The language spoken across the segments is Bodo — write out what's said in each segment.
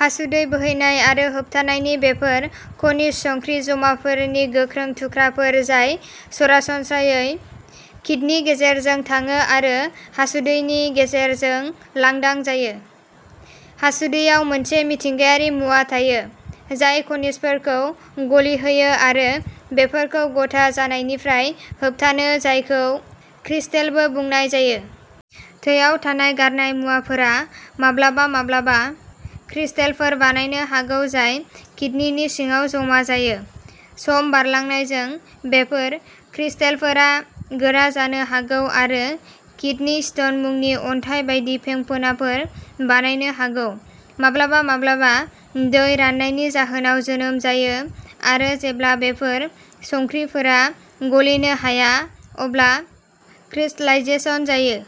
हासुदै बोहैनाय आरो होबथानायनि बेफोर खनिज संख्रि जमाफोरनि गोख्रों थुख्राफोर जाय सरासनस्रायै किदनि गेजेरजों थाङो आरो हासुदैनि गेजेरजों लांदां जायो। हासुदैयाव मोनसे मिथिंगायारि मुवा थायो, जाय खनिजफोरखौ गलिहोयो आरो बेफोरखौ गथा जानायनिफ्राय होबथानो जायखौ क्रिस्टेलबो बुंनाय जायो। थैयाव थानाय गारनाय मुवाफोरा माब्लाबा माब्लाबा क्रिस्टेलफोर बानायनो हागौ जाय किदनिनि सिङाव जमा जायो। सम बारलांनायजों, बेफोर क्रिस्टेलफोरा गोरा जानो हागौ आरो किदनि स्टन मुंनि अन्थाइ बायदि फेंफोनाफोर बानायनो हागौ। माब्लाबा माब्लाबा, दै राननायनि जाहोनाव जोनोम जायो आरो जेब्ला बेफोर संख्रिफोरा गलिनो हाया अब्ला क्रिस्टलाइजेशन जायो।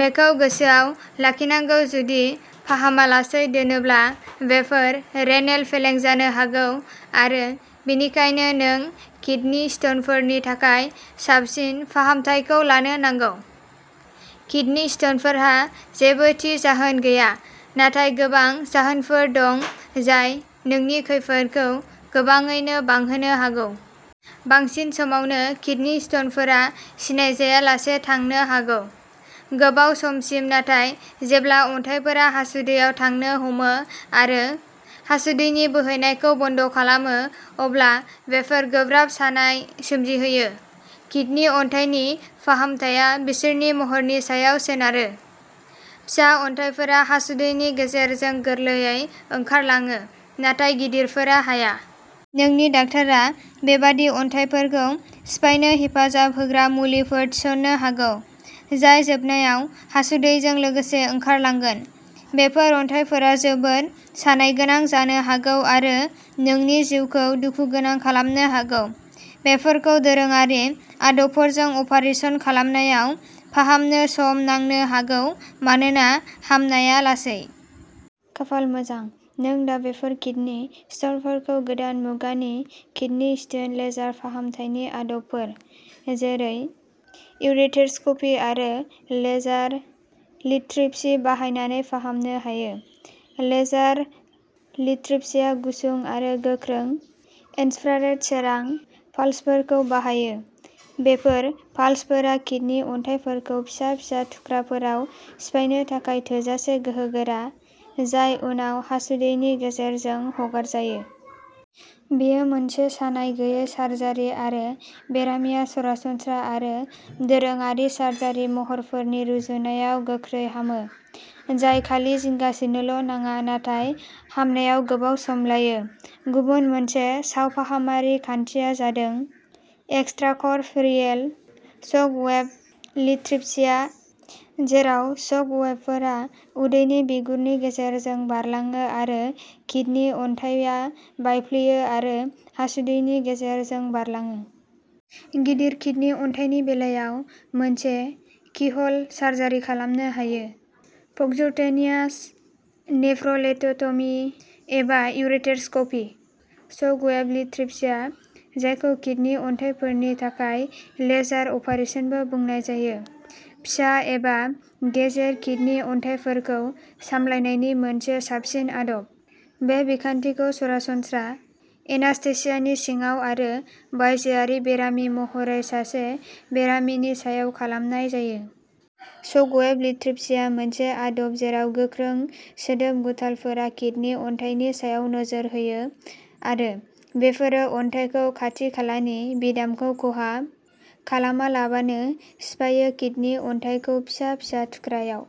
बेखौ गोसोआव लाखिनांगौ जुदि फाहामालासै दोनब्ला बेफोर रेनेल फेलें जानो हागौ, आरो बेनिखायनो नों किदनि स्टनफोरनि थाखाय साबसिन फाहामथायखौ लानो नांगौ। किदनि स्टनफोरहा जेबो थि जाहोन गैया, नाथाय गोबां जाहोनफोर दं जाय नोंनि खैफोदखौ गोबाङैनो बांहोनो हागौ। बांसिन समावनो किदनि स्टनफोरा सिनायजायाजासे थांनो हागौ। गोबाव समसिम, नाथाय जेब्ला अन्थाइफोरा हासुदैयाव थांनो हमो आरो हासुदैनि बोहैनायखौ बन्द' खालामो, अब्ला बेफोर गोब्राब सानाय सोमजिहोयो। किडनि अन्थाइनि फाहामथाया बिसोरनि महरनि सायाव सोनारो। फिसा अन्थाइफोरा हासुदैनि गेजेरजों गोरलैयै ओंखारलाङो, नाथाय गिदिरफोरा हाया। नोंनि डाक्टारआ बेबादि अन्थाइफोरखौ सिफायनो हेफाजाब होग्रा मुलिफोर थिसन्नो हागौ, जाय जोबनायाव हासुदैजों लोगोसे ओंखारलांगोन। बेफोर अन्थाइफोरा जोबोद सानायगोनां जानो हागौ आरो नोंनि जिउखौ दुखुगोनां खालामनो हागौ। बेफोरखौ दोरोङारि आदबफोरजों अपारेसन खालामनायाव फाहामनो सम नांनो हागौ मानोना हामनाया लासै। खाफाल मोजां, नों दा बेफोर किडनि अन्थाइफोरखौ गोदान मुगानि किडनी स्टोन लेजार फाहामथायनि आदबफोर, जेरै इउरेटेरस्कपी आरो लेजार लिथट्रिप्सी बाहायनानै फाहामनो हायो। लेजार लिथट्रिप्सीआ गुसुं आरो गोख्रों इन्फ्रारेड सोरां पाल्सफोरखौ बाहायो। बेफोर पाल्सफोरा किडनि अन्थाइफोरखौ फिसा फिसा थुख्राफोराव सिफायनो थाखाय थोजासे गोहोगोरा, जाय उनाव हासुदैनि गेजेरजों हगारजायो। बेयो मोनसे सानाय गैयै सार्जारि आरो बेरामिया सरासनस्रा आरो दोरोङारि सार्जारि महरफोरनि रुजुनायाव गोख्रै हामो, जाय खालि जिंगासिनोल' नाङा, नाथाय हामनायाव गोबाव सम लायो। गुबुन मोनसे सावफाहामारि खान्थिया जादों एक्सट्राकर्प'रियेल शक वेव लिथट्रिप्सिया, जेराव शक वेवफोरा उदैनि बिगुरनि गेजेरजों बारलाङो आरो किडनि अन्थाइया बायफ्लेयो आरो हासुदैनि गेजेरजों बारलाङो। गिदिर किडनि अन्थाइफोरनि बेलायाव, मोनसे कीह'ल सार्जारि खालामनो हायो पर्क्युटेनियास नेफ्र'लिथ'ट'मि एबा इउरेटेरस्कपि। शकवेव लिथट्रिप्सिया, जायखौ किडनि अन्थाइफोरनि थाखाय लेजार अपारेसनबो बुंनाय जायो, फिसा एबा गेजेर किडनि अन्थाइफोरखौ सामलायनायनि मोनसे साबसिन आदब। बे बिखान्थिखौ सरासनस्रा एनास्थेसियानि सिङाव आरो बायजोआरि बेरामि महरै सासे बेरामिनि सायाव खालामनाय जायो। शकवेव लिथट्रिप्सिया मोनसे आदब जेराव गोख्रों सोदोब गुथालफोरा किडनि अन्थाइनि सायाव नोजोर होयो, आरो बेफोरो अन्थाइखौ खाथि खालानि बिदामखौ खहा खालामालाबानो सिफायो किडनि अन्थाइखौ फिसा फिसा थुख्राआव।